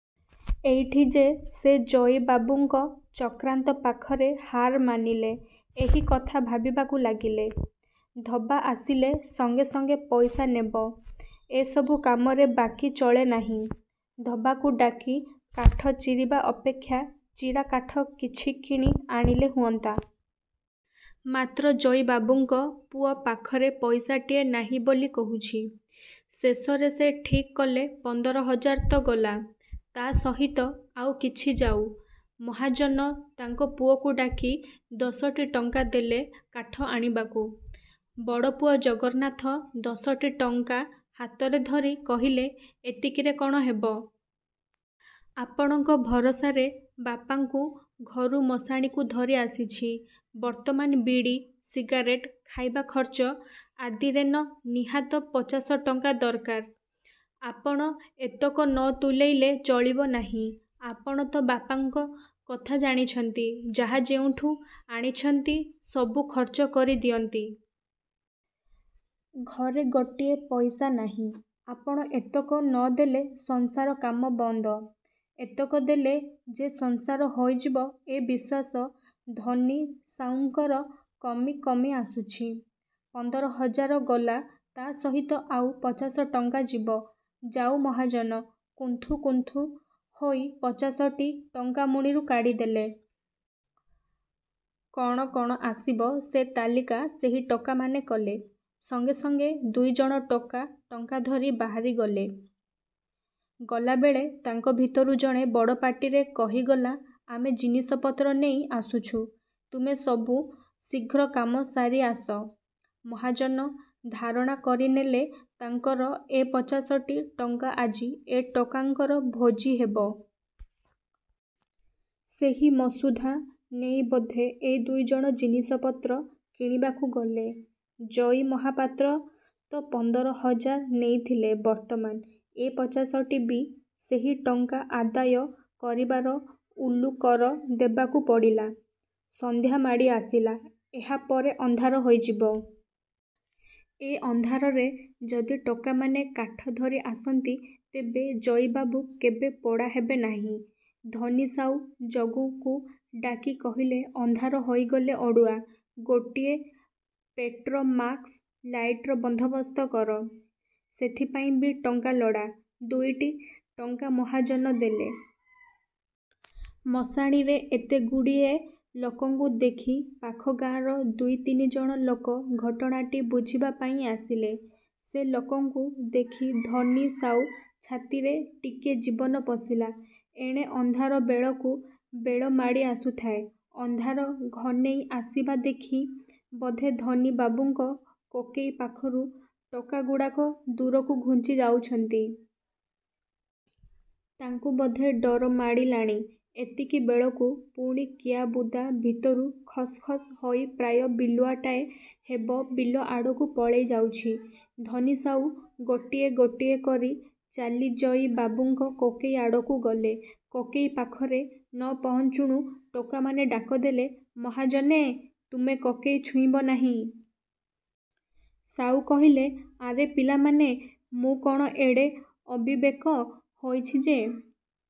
ଏଇଠି ଯେ ସେ ଜଇବାବୁଙ୍କ ଚକ୍ରାନ୍ତ ପାଖରେ ହାର ମାନିଲେ ଏହି କଥା ଭାବିବାକୁ ଲାଗିଲେ-। ଧୋବା ଆସିଲେ ସଙ୍ଗେ ସଙ୍ଗେ ପଇସା ନେବ। ଏ ସବୁ କାମରେ ବାକି ଚଳେନାହିଁ। ଧୋବାକୁ ଡାକି କାଠ ଚିରିବା ଅପେକ୍ଷା ଚିରା କାଠ କିଛି କିଣି ଆଣିଲେ ହୁଅନ୍ତା। ମାତ୍ର ଜଇବାବୁଙ୍କ ପୁଅ ପାଖରେ ପଇସାଟିଏ ନାହିଁ ବୋଲି କହୁଛି। ଶେଷରେ ସେ ଠିକ୍ କଲେ ପନ୍ଦର ହଜାର ତ ଗଲା-। ତା ସହିତ ଆଉ କିଛି ଯାଉ। ମହାଜନ ତାଙ୍କ ପୁଅକୁ ଡାକି ଦଶଟି ଟଙ୍କା ଦେଲେ କାଠ ଆଣିବାକୁ-। ବଡ଼ପୁଅ ଜଗନ୍ନାଥ ଦଶଟି ଟଙ୍କା ହାତରେ ଧରି କହିଲେ, ଏତିକିରେ କଣ ହେବ? ଆପଣଙ୍କ ଭରସାରେ ବାପାଙ୍କୁ ଘରୁ ମଶାଣିକୁ ଧରି ଆସିଛି। ବର୍ତ୍ତମାନ ବିଡ଼ି, ସିଗାରେଟ୍, ଖାଇବା ଖର୍ଚ୍ଚ ଆଦିରେନ ନିହାତ୍ ପଚାଶଟଙ୍କା ଦରକାର। ଆପଣ ଏତକ ନ ତୁଲାଇଲେ ଚଳିବ ନାହିଁ। ଆପଣ ତ ବାପାଙ୍କ କଥା ଜାଣିଛନ୍ତି, ଯାହା ଯେଉଁଠୁ ଆଣିଛନ୍ତି ସବୁ ଖର୍ଚ୍ଚ କରି ଦିଅନ୍ତି। ଘରେ ଗୋଟିଏ ପଇସା ନାହିଁ। ଆପଣ ଏତକ ନ ଦେଲେ ସଂସ୍କାର କାମ ବନ୍ଦ। ଏତକ ଦେଲେ ଯେ ସଂସ୍କାର ହୋଇଯିବ ଏ ବିଶ୍ୱାସ ଧନୀ ସାଉଙ୍କର କମି କମି ଆସୁଛି-। ପନ୍ଦର ହଜାର ଗଲା ତା ସହିତ ଆଉ ପଚାଶ ଟଙ୍କା ଯିବ। ଯାଉ-ମହାଜନ, କୁନ୍ଥୁ କୁନ୍ଥୁ ହୋଇ ପଚାଶଟି ଟଙ୍କା ମୁଣିରୁ କାଢ଼ିଦେଲେ। କଣ କଣ ଆସିବ ସେ ତାଲିକା ସେହି ଟୋକାମାନେ କଲେ-। ସଙ୍ଗେ ସଙ୍ଗେ ଦୁଇଜଣ ଟୋକା ଟଙ୍କାଧରି। ବାହାରିଗଲେ। ଗଲାବେଳେ ତାଙ୍କ ଭିତରୁ ଜଣେ ବଡ଼ପାଟିରେ କହିଗଲା ଆମେ ଜିନିଷପତ୍ର ନେଇ ଆସୁଛୁ, ତୁମେ ସବୁ ଶୀଘ୍ର କାମ ସାରି ଆସ। ମହାଜନ ଧାରଣା କରିନେଲେ ତାଙ୍କର ଏ ପଚାଶଟି ଟଙ୍କା ଆଜି ଏ ଟୋକାଙ୍କର ଭୋଜି ହେବ। ସେହି ମସୁଧା ନେଇ ବୋଧେ ଏ ଦୁଇଜଣ ଜିନିଷପତ୍ର କିଣିବାକୁ ଗଲେ। ଜଇ ମହାପାତ୍ର ତ ପନ୍ଦର ହଜାର ନେଇଥିଲେ ବର୍ତ୍ତମାନ ଏ ପଚାଶଟି ବି ସେହି ଟଙ୍କା ଆଦାୟ କରିବାର ଓଲୁ କର ଦେବାକୁ ପଡ଼ିଲା। ସଂଧ୍ୟା ମାଡ଼ି ଆସିଲା। ଏହା ପରେ ଅନ୍ଧାର ହୋଇଯିବ। ଏ ଅନ୍ଧାରରେ ଯଦି ଟୋକାମାନେ କାଠ ଧରି ଆସନ୍ତି ତେବେ ଜଇବାବୁ କେବେ ପୋଡ଼ା ହେବେ ନାହିଁ। ଧନୀ ସାଉ ଜଗୁକୁ ଡାକି କହିଲେ ଅନ୍ଧାର ହୋଇଗଲେ ଅଡ଼ୁଆ, ଗୋଟିଏ ପେଟ୍ରୋମାକସ ଲାଇଟର ବନ୍ଦୋବସ୍ତ କର। ସେଥିପାଇଁ ବି ଟଙ୍କା ଲୋଡ଼ା। ଦୁଇଟି ଟଙ୍କା ମହାଜନ ଦେଲେ। ମଶାଣିରେ ଏତେଗୁଡ଼ିଏ ଲୋକଙ୍କୁ ଦେଖି ପାଖ ଗାଁର ଦୁଇ ତିନିଜଣ ଲୋକ ଘଟଣାଟି ବୁଝିବା ପାଇଁ ଆସିଲେ-। ସେ ଲୋକଙ୍କୁ ଦେଖି ଧନୀ ସାଉ ଛାତିରେ ଟିକିଏ ଜୀବନ ପଶିଲା। ଏଣେ ଅନ୍ଧାର ବେଳକୁ ବେଳ ମାଡ଼ି ଆସୁଥାଏ। ଅନ୍ଧାର ଘନେଇ ଆସିବା ଦେଖି ବୋଧେ ଧନି ବାବୁଙ୍କ କୋକେଇ ପାଖରୁ ଟୋକାଗୁଡ଼ାକ ଦୂରକୁ ଘୁଞ୍ଚି ଯାଉଛନ୍ତି। ତାଙ୍କୁ ବୋଧେ ଡର ମାଡ଼ିଲାଣି। ଏତିକି ବେଳକୁ ପୁଣି କିଆବୁଦା ଭିତରୁ ଖସ୍ ଖସ୍ ହୋଇ ପ୍ରାୟ ବିଲୁଆଟାଏ ହେବ ବିଲ ଆଡ଼କୁ ପଳାଇ ଯାଉଛି। ଧନି ସାଉ ଗୋଟିଏ ଗୋଟିଏ କରି ଚାଲି ଜଇ ବାବୁଙ୍କ କୋକେଇ ଆଡ଼କୁ ଗଲେ। କୋକେଇ ପାଖରେ ନ ପହଞ୍ଚୁଣୁ ଟୋକାମାନେ ଡାକଦେଲେ, ମହାଜନେ ତୁମେ କୋକେଇ ଛୁଇଁବ ନାହିଁ। ସାଉ କହିଲେ, ଆରେ ପିଲାମାନେ ମୁଁ କଣ ଏଡ଼େ ଅବିବେକ ହୋଇଛି ଯେ